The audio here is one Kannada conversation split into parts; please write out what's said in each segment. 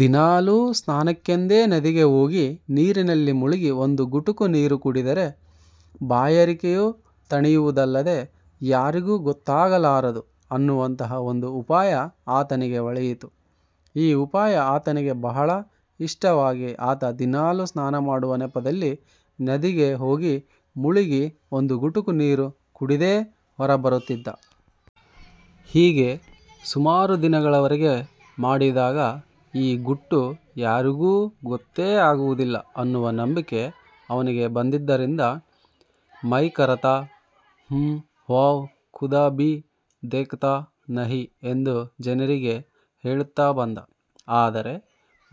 ದಿನಾಲೂ ಸ್ನಾನಕ್ಕೆಂದು ನದಿಗೆ ಹೋಗಿ ನೀರಿನಲ್ಲಿ ಮುಳುಗಿ ಒಂದು ಗುಟುಕು ನೀರು ಕುಡಿದರೆ ಬಾಯಾರಿಕೆಯೂ ತಣಿಯುವುದಲ್ಲದೆ ಯಾರಿಗೂ ಗೊತ್ತಾಗಲಾರದು ಅನ್ನುವಂತಹ ಒಂದು ಉಪಾಯ ಆತನಿಗೆ ಹೊಳೆಯಿತು. ಈ ಉಪಾಯ ಆತನಿಗೆ ಬಹಳ ಇಷ್ಟವಾಗಿ ಆತ ದಿನಾಲೂ ಸ್ನಾನ ಮಾಡುವ ನೆಪದಲ್ಲಿ ನದಿಗೆ ಹೋಗಿ ಮುಳುಗಿ ಒಂದು ಗುಟುಕು ನೀರು ಕುಡಿದೇ ಹೊರಬರುತ್ತಿದ್ದ. ಹೀಗೆ ಸುಮಾರು ದಿನಗಳವರೆಗೆ ಮಾಡಿದಾಗ ಈ ಗುಟ್ಟು ಯಾರಿಗೂ ಗೊತ್ತೇ ಆಗುವುದಿಲ್ಲ ಅನ್ನುವ ನಂಬಿಕೆ ಅವನಿಗೆ ಬಂದದ್ದರಿಂದ ''ಮೈ ಕರತಾ ಹೂಂ ವಹ್ ಖುದಾ ಭೀ ದೇಖತಾ ನಹಿ'' ಎಂದು ಜನರಿಗೆ ಹೇಳುತ್ತಾ ಬಂದ. ಆದರೆ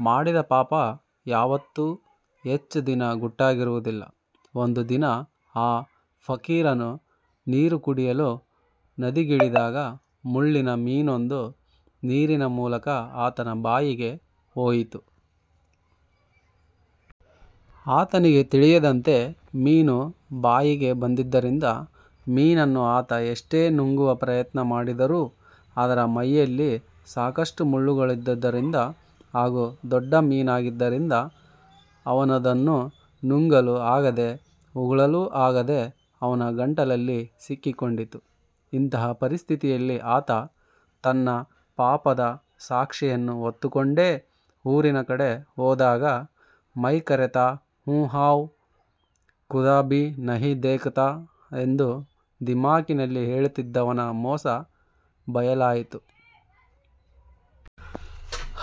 ಮಾಡಿದ ಪಾಪ ಯಾವತ್ತೂ ಹೆಚ್ಚು ದಿನ ಗುಟ್ಟಾಗಿರುವುದಿಲ್ಲ. ಒಂದು ದಿನ ಆ ಫಕೀರನು ನೀರು ಕುಡಿಯಲು ನದಿಗಿಳಿದಾಗ ಮುಳ್ಳಿನ ಮೀನೊಂದು ನೀರಿನ ಮೂಲಕ ಆತನ ಬಾಯಿಗೆ ಹೋಯಿತು. ಆತನಿಗೆ ತಿಳಿಯದಂತೆ ಮೀನು ಬಾಯಿಗೆ ಬಂದಿದ್ದರಿಂದ ಮೀನನ್ನು ಆತ ಎಷ್ಟೇ ನುಂಗುವ ಪ್ರಯತ್ನ ಮಾಡಿದರೂ ಅದರ ಮೈಯಲ್ಲಿ ಸಾಕಷ್ಟು ಮುಳ್ಳುಗಳಿದ್ದುದರಿಂದ ಹಾಗೂ ದೊಡ್ಡ ಮೀನಾಗಿದ್ದರಿಂದ ಅವನದನ್ನು ನುಂಗಲೂ ಆಗದೆ ಉಗಳಲೂ ಆಗದೆ ಅವನ ಗಂಟಲಲ್ಲಿ ಸಿಕ್ಕಿಕೊಂಡಿತು. ಇಂತಹ ಪರಿಸ್ಥಿತಿಯಲ್ಲಿ ಆತ ತನ್ನ ಪಾಪದ ಸಾಕ್ಷಿಯನ್ನು ಹೊತ್ತುಕೊಂಡೇ ಊರಿನ ಕಡೆ ಹೋದಾಗ ''ಮೈ ಕರತಾ ಹೂಂ ವಹ್ ಖುದಾ ಭೀ ನಹಿ ದೇಖತಾ'' ಎಂದು ದಿಮಾಕಿನಲ್ಲಿ ಹೇಳುತ್ತಿದ್ದವನ ಮೋಸ ಬಯಲಾಯಿತು.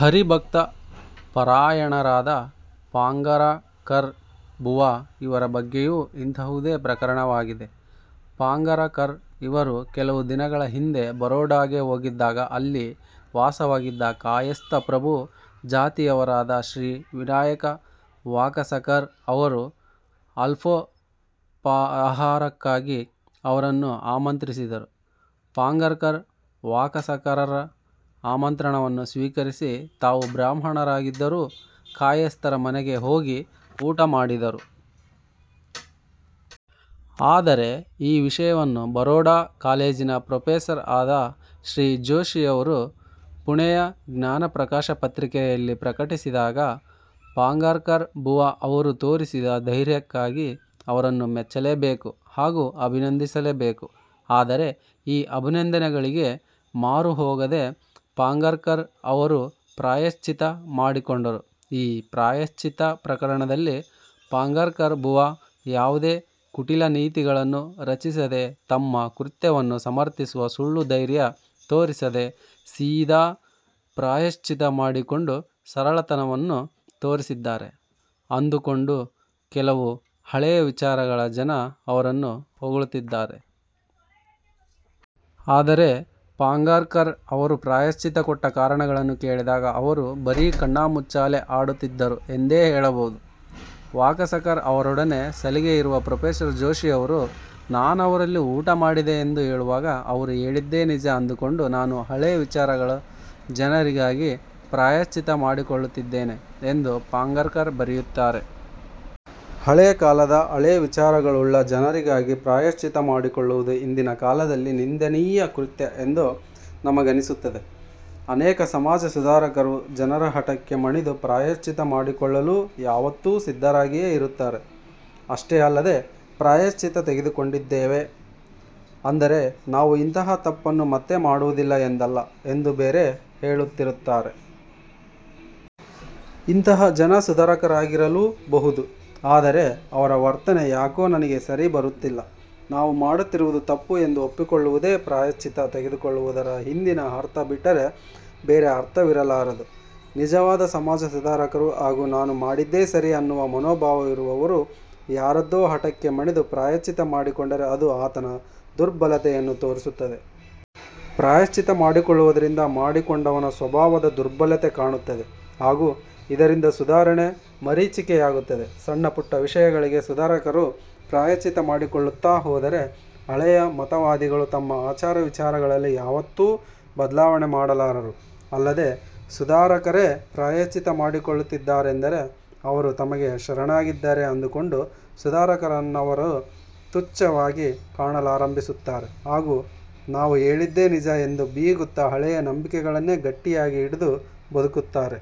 ಹರಿಭಕ್ತ ಪರಾಯಣರಾದ ಪಾಂಗಾರಕರ್ ಬುವಾ ಇವರ ಬಗ್ಗೆಯೂ ಇಂತಹುದೇ ಪ್ರಕರಣವಾಗಿದೆ. ಪಾಂಗಾರಕರ್ ಇವರು ಕೆಲವು ದಿನಗಳ ಹಿಂದೆ ಬರೋಡಾಗೆ ಹೋಗಿದ್ದಾಗ ಅಲ್ಲಿ ವಾಸವಾಗಿದ್ದ ಕಾಯಸ್ಥ ಪ್ರಭು ಜಾತಿಯವರಾದ ಶ್ರೀ ವಿನಾಯಕ ವಾಕಸಕರ್ ಅವರು ಅಲ್ಪೋಪಾಹಾರಕ್ಕಾಗಿ ಅವರನ್ನು ಆಮಂತ್ರಿಸಿದರು. ಪಾಂಗಾರ್ಕರ್, ವಾಕಸಕರ್ರ ಆಮಂತ್ರಣವನ್ನು ಸ್ವೀಕರಿಸಿ ತಾವು ಬ್ರಾಹ್ಮಣರಾಗಿದ್ದರೂ ಕಾಯಸ್ಥರ ಮನೆಗೆ ಹೋಗಿ ಊಟ ಮಾಡಿದರು. ಆದರೆ ಈ ವಿಷಯವನ್ನು ಬರೋಡಾ ಕಾಲೇಜಿನ ಪ್ರೊಫೆಸರ್ ಆದ ಶ್ರೀ ಜೋಷಿಯವರು ಪುಣೆಯ ಜ್ಞಾನಪ್ರಕಾಶ ಪತ್ರಿಕೆಯಲ್ಲಿ ಪ್ರಕಟಿಸಿದಾಗ ಪಾಂಗಾರ್ಕರ್ ಬುವಾ ಅವರು ತೋರಿಸಿದ ಧೈರ್ಯಕ್ಕಾಗಿ ಅವರನ್ನು ಮೆಚ್ಚಲೇಬೇಕು ಹಾಗೂ ಅಭಿನಂದಿಸಲೇ ಬೇಕು. ಆದರೆ ಈ ಅಭಿನಂದನೆಗಳಿಗೆ ಮಾರುಹೋಗದೆ ಪಾಂಗಾರ್ಕರ್ ಅವರು ಪ್ರಾಯಶ್ಚಿತ್ತ ಮಾಡಿಕೊಂಡರು. ಈ ಪ್ರಾಯಶ್ಚಿತ್ತ ಪ್ರಕರಣದಲ್ಲಿ ಪಾಂಗಾರ್ಕರ್ ಬುವಾ ಯಾವುದೇ ಕುಟಿಲನೀತಿಗಳನ್ನು ರಚಿಸದೆ ತಮ್ಮ ಕೃತ್ಯವನ್ನು ಸಮರ್ಥಿಸುವ ಸುಳ್ಳು ಧೈರ್ಯ ತೋರಿಸದೆ ಸೀದಾ ಪ್ರಾಯಶ್ಚಿತ್ತ ಮಾಡಿಕೊಂಡು ಸರಳತನವನ್ನು ತೋರಿಸಿದ್ದಾರೆ ಅಂದುಕೊಂಡು ಕೆಲವು ಹಳೇ ವಿಚಾರಗಳ ಜನ ಅವರನ್ನು ಹೊಗಳುತ್ತಿದ್ದಾರೆ. ಆದರೆ ಪಾಂಗಾರ್ಕರ್ ಅವರು ಪ್ರಾಯಶ್ಚಿತ್ತ ಕೊಟ್ಟ ಕಾರಣಗಳನ್ನು ಕೇಳಿದಾಗ ಅವರು ಬರೀ ಕಣ್ಣುಮುಚ್ಚಾಲೆ ಆಡುತ್ತಿದ್ದರು ಎಂದೇ ಹೇಳಬಹುದು. ''ವಾಕಸಕರ್ ಅವರೊಡನೆ ಸಲಿಗೆಯಿರುವ ಪ್ರೊ. ಜೋಷಿಯವರು ನಾನವರಲ್ಲಿ ಊಟ ಮಾಡಿದೆ ಎಂದು ಹೇಳುವಾಗ ಅವರು ಹೇಳಿದ್ದೇ ನಿಜ ಅಂದುಕೊಂಡು ನಾನು ಹಳೆ ವಿಚಾರಗಳ ಜನರಿಗಾಗಿ ಪ್ರಾಯಶ್ಚಿತ್ತ ಮಾಡಿಕೊಳ್ಳುತ್ತಿದ್ದೇನೆ'' ಎಂದು ಪಾಂಗಾರ್ಕರ್ ಬರೆಯುತ್ತಾರೆ. ಹಳೇ ಕಾಲದ ಹಳೇ ವಿಚಾರಗಳುಳ್ಳ ಜನರಿಗಾಗಿ ಪ್ರಾಯಶ್ಚಿತ್ತ ಮಾಡಿಕೊಳ್ಳುವುದು ಇಂದಿನ ಕಾಲದಲ್ಲಿ ನಿಂದನೀಯ ಕೃತ್ಯ ಎಂದು ನಮಗನಿಸುತ್ತದೆ. ಅನೇಕ ಸಮಾಜ ಸುಧಾರಕರು ಜನರ ಹಠಕ್ಕೆ ಮಣಿದು ಪ್ರಾಯಶ್ಚಿತ್ತ ಮಾಡಿಕೊಳ್ಳಲೂ ಯಾವತ್ತೂ ಸಿದ್ಧರಾಗಿಯೇ ಇರುತ್ತಾರೆ. ಅಷ್ಟೇ ಅಲ್ಲದೆ 'ಪ್ರಾಯಶ್ಚಿತ್ತ ತೆಗೆದುಕೊಂಡಿದ್ದೇವೆ. ಅಂದರೆ ನಾವು ಇಂತಹ ತಪ್ಪನ್ನು ಮತ್ತೆ ಮಾಡುವುದಿಲ್ಲ ಎಂದಲ್ಲ' ಎಂದು ಬೇರೆ ಹೇಳುತ್ತಿರುತ್ತಾರೆ. ಇಂತಹ ಜನ ಸುಧಾರಕರಾಗಿರಲೂ ಬಹುದು. ಆದರೆ ಅವರ ವರ್ತನೆ ಯಾಕೋ ನಮಗೆ ಸರಿ ಬರುತ್ತಿಲ್ಲ. ನಾವು ಮಾಡುತ್ತಿರುವುದು ತಪ್ಪು ಎಂದು ಒಪ್ಪಿಕೊಳ್ಳುವುದೇ ಪ್ರಾಯಶ್ಚಿತ್ತ ತೆಗೆದುಕೊಳ್ಳುವುದರ ಹಿಂದಿನ ಅರ್ಥ ಬಿಟ್ಟರೆ ಬೇರೆ ಅರ್ಥವಿರಲಾರದು. ನಿಜವಾದ ಸಮಾಜ ಸುಧಾರಕರು ಹಾಗೂ ನಾನು ಮಾಡಿದ್ದೇ ಸರಿ ಅನ್ನುವ ಮನೋಭಾವವಿರುವವರು ಯಾರದ್ದೋ ಹಠಕ್ಕೆ ಮಣಿದು ಪ್ರಾಯಶ್ಚಿತ್ತ ಮಾಡಿಕೊಂಡರೆ ಅದು ಆತನ ದುರ್ಬಲತೆಯನ್ನು ತೋರಿಸುತ್ತದೆ. ಪ್ರಾಯಶ್ಚಿತ್ತ ಮಾಡಿಕೊಳ್ಳುವುದರಿಂದ ಮಾಡಿಕೊಂಡವನ ಸ್ವಭಾವದ ದುರ್ಬಲತೆ ಕಾಣುತ್ತದೆ. ಹಾಗೂ ಇದರಿಂದ ಸುಧಾರಣೆ ಮರೀಚಿಕೆಯಾಗುತ್ತದೆ. ಸಣ್ಣಪುಟ್ಟ ವಿಷಯಗಳಿಗೆ ಸುಧಾರಕರು ಪ್ರಾಯಶ್ಚಿತ್ತ ಮಾಡಿಕೊಳ್ಳುತ್ತಾ ಹೋದರೆ ಹಳೆಯ ಮತವಾದಿಗಳು ತಮ್ಮ ಆಚಾರವಿಚಾರಗಳಲ್ಲಿ ಯಾವತ್ತೂ ಬದಲಾವಣೆ ಮಾಡಲಾರರು. ಅಲ್ಲದೆ, ಸುಧಾರಕರೇ ಪ್ರಾಯಶ್ಚಿತ್ತ ಮಾಡಿಕೊಳ್ಳುತ್ತಿದ್ದಾರೆಂದರೆ ಅವರು ತಮಗೆ ಶರಣಾಗಿದ್ದಾರೆ ಅಂದುಕೊಂಡು ಸುಧಾರಕರನ್ನವರು ತುಚ್ಛವಾಗಿ ಕಾಣಲಾರಂಭಿಸುತ್ತಾರೆ ಹಾಗೂ ನಾವು ಹೇಳಿದ್ದೇ ನಿಜ ಎಂದು ಬೀಗುತ್ತ ಹಳೆಯ ನಂಬಿಕೆಗಳನ್ನೇ ಗಟ್ಟಿಯಾಗಿ ಹಿಡಿದು ಬದುಕುತ್ತಾರೆ.